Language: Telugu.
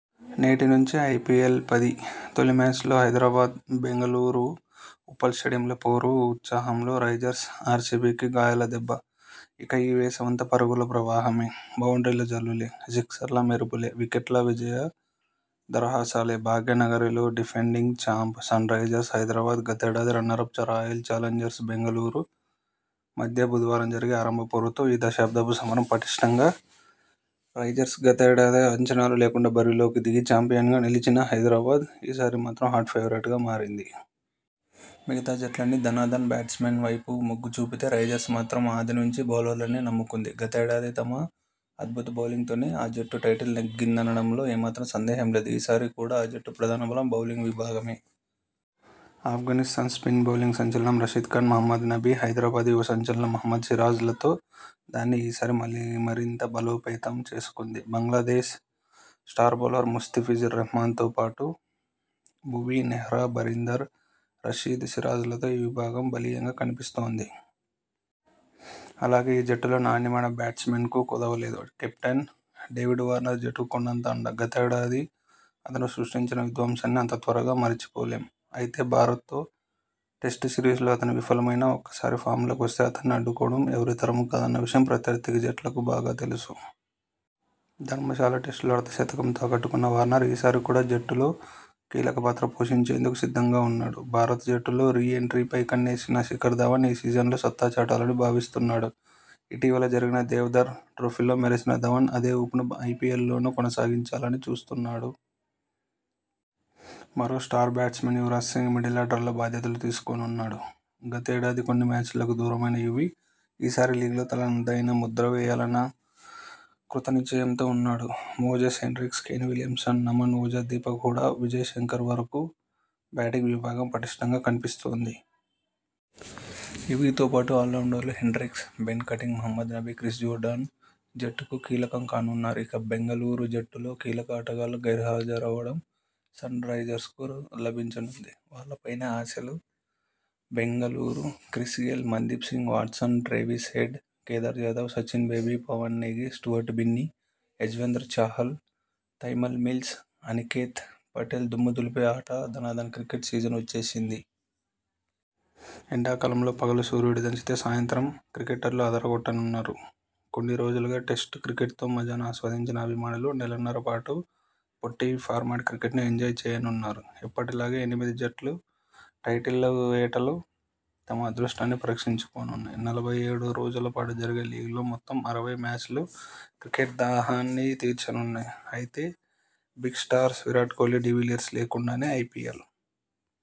నేటి నుంచే ఐపీఎల్-పది తొలి మ్యాచ్లో హైదరాబాద్ బెంగళూరు ఉప్పల్ స్టేడియంలో పోరు ఉత్సాహంలో రైజర్స్ఆర్సీబీకి గాయాల దెబ్బ ఇక ఈ వేసవంతా పరుగుల ప్రవాహమే. బౌండ్రీల జల్లులే. సిక్సర్ల మెరుపులే. వికెట్ల విజయ దరహాసాలే! భాగ్యనగరిలో డిఫెండింగ్ చాంప్ సన్రైజర్స్ హైదరాబాద్, గతేడాది రన్నరప్ రాయల్ చాలెంజర్స్ బెంగళూరు మధ్య బుధవారం జరిగే ఆరంభ పోరుతో ఈ 'దశాబ్దపు' సమరం పటిష్టంగా రైజర్స్ గతేడాది అంచనాలు లేకుండా బరిలోకి దిగి చాంపియన్గా నిలిచిన హైదరాబాద్ ఈసారి మాత్రం హాట్ ఫేవరెట్గా మారింది. మిగతా జట్లన్నీ ధనాధన్ బ్యాట్స్మెన్ వైపు మొగ్గు చూపితే రైజర్స్ మాత్రం ఆది నుంచి బౌలర్లనే నమ్ముకుంది. గతేడాది తమ అద్భుత బౌలింగ్తోనే ఆ జట్టు టైటిల్ నెగ్గిందనడంలో ఏ మాత్రం సందేహం లేదు. ఈ సారి కూడా ఆ జట్టు ప్రధాన బలం బౌలింగ్ విభాగమే. అఫ్ఘానిస్థాన్ స్పిన్ బౌలింగ్ సంచలనం రషీద్ ఖాన్, మహమ్మద్ నబీ, హైదరాబాదీ యువ సంచలనం మహ్మద్ సిరాజ్లతో దాన్ని ఈ సారి మరింత బలోపేతం చేసుకుంది. బంగ్లాదేశ్ స్టార్ బౌలర్ ముస్తాఫిజుర్ రహ్మాన్తో పాటు భువీ, నెహ్రా, బరీందర్, రషీద్, సిరాజ్లతో ఈ విభాగం బలీయంగా కనిపిస్తోంది. అలాగే, జట్టులో నాణ్యమైన బ్యాట్స్మెన్కూ కొదవ లేదు. కెప్టెన్ డేవిడ్ వార్నర్ జట్టుకు కొండంత అండ. గతేడాది అతను సృష్టించిన విధ్వంసాన్ని అంత త్వరగా మరిచిపోలేం. అయితే, భారత్తో టెస్టు సిరీస్ లో అతను విఫలమైనా ఒక్కసారి ఫామ్లోకి వస్తే అతణ్ణి అడ్డుకోవడం ఎవరితరమూ కాదన్న విషయం ప్రత్యర్థి జట్లకు బాగా తెలుసు. ధర్మశాల టెస్టులో అర్ధ శతకంతో ఆకట్టుకున్న వార్నర్ ఈ సారి కూడా జట్టులో కీలక పాత్ర పోషించేందుకు సిద్ధంగా ఉన్నాడు. భారత జట్టులో రీ ఎంట్రీపై కన్నేసిన శిఖర్ ధవన్ ఈ సీజన్లో సత్తా చాటాలని భావిస్తున్నాడు. ఇటీవల జరిగిన దేవ్ధర్ ట్రోఫీలో మెరిసిన ధవన్ అదే ఊపును ఐపీఎల్లోనూ కొనసాగించాలని చూస్తున్నాడు. మరో స్టార్ బ్యాట్స్మన్ యువరాజ్ సింగ్ మిడిలార్డర్లో బాధ్యతలు తీసుకోనున్నాడు. గతేడాది కొన్ని మ్యాచ్లకు దూరమైన యువీ. ఈ సారి లీగ్లో తనదైన ముద్ర వేయాలన్న కృత నిశ్చయంతో ఉన్నాడు. Moses Henriques, Kane Williamson, Naman Ojha, Deepak Hooda, Vijay Shankar వరకూ బ్యాటింగ్ విభాగం పటిష్టంగా కనిపిస్తోంది. యువీతో పాటు ఆల్రౌండర్లు Henriques, Ben Cutting, Mohammad Nabi, Chris Jordan జట్టుకు కీలకం కానున్నారు. ఇక, బెంగళూరు జట్టులో కీలక ఆటగాళ్లు గైర్హాజరవడం సన్రైజర్స్కు లభించనుంది. వాళ్లపైనే ఆశలు Bengaluru Chris Gayle, Mandeep Singh, Watson, Travis Head, Kedar Jadhav, Sachin Baby, Pawan Negi, Stuart Binny, Yuzvendra Chahal, Tymal Mills, Aniket Patel దుమ్ముదులిపే ఆట ధనాధన్ క్రికెట్ సీజనొచ్చేసింది. ఎండా కాలంలో పగలు సూర్యుడు దంచితే. సాయంత్రం క్రికెటర్లు అదరగొట్టనున్నారు. కొన్ని రోజులుగా టెస్ట్ క్రికెట్తో మజాను ఆస్వాదించిన అభిమానులు. నెలన్నర పాటు పొట్టి ఫార్మాట్ క్రికెట్ను ఎంజాయ్ చేయనున్నారు. ఎప్పటిలాగే ఎనిమిది జట్లు టైటిల్ వేటలో తమ అదృష్టాన్ని పరీక్షించుకోనున్నాయి. నలభై ఏడు రోజులపాటు జరిగే లీగ్లో మొత్తం అరవై మ్యాచ్లు క్రికెట్ దాహాన్ని తీర్చనున్నాయి. అయితే బిగ్స్టార్స్ విరాట్ కోహ్లీ, డివిల్లీర్స్ లేకుండానే ఐపీఎల్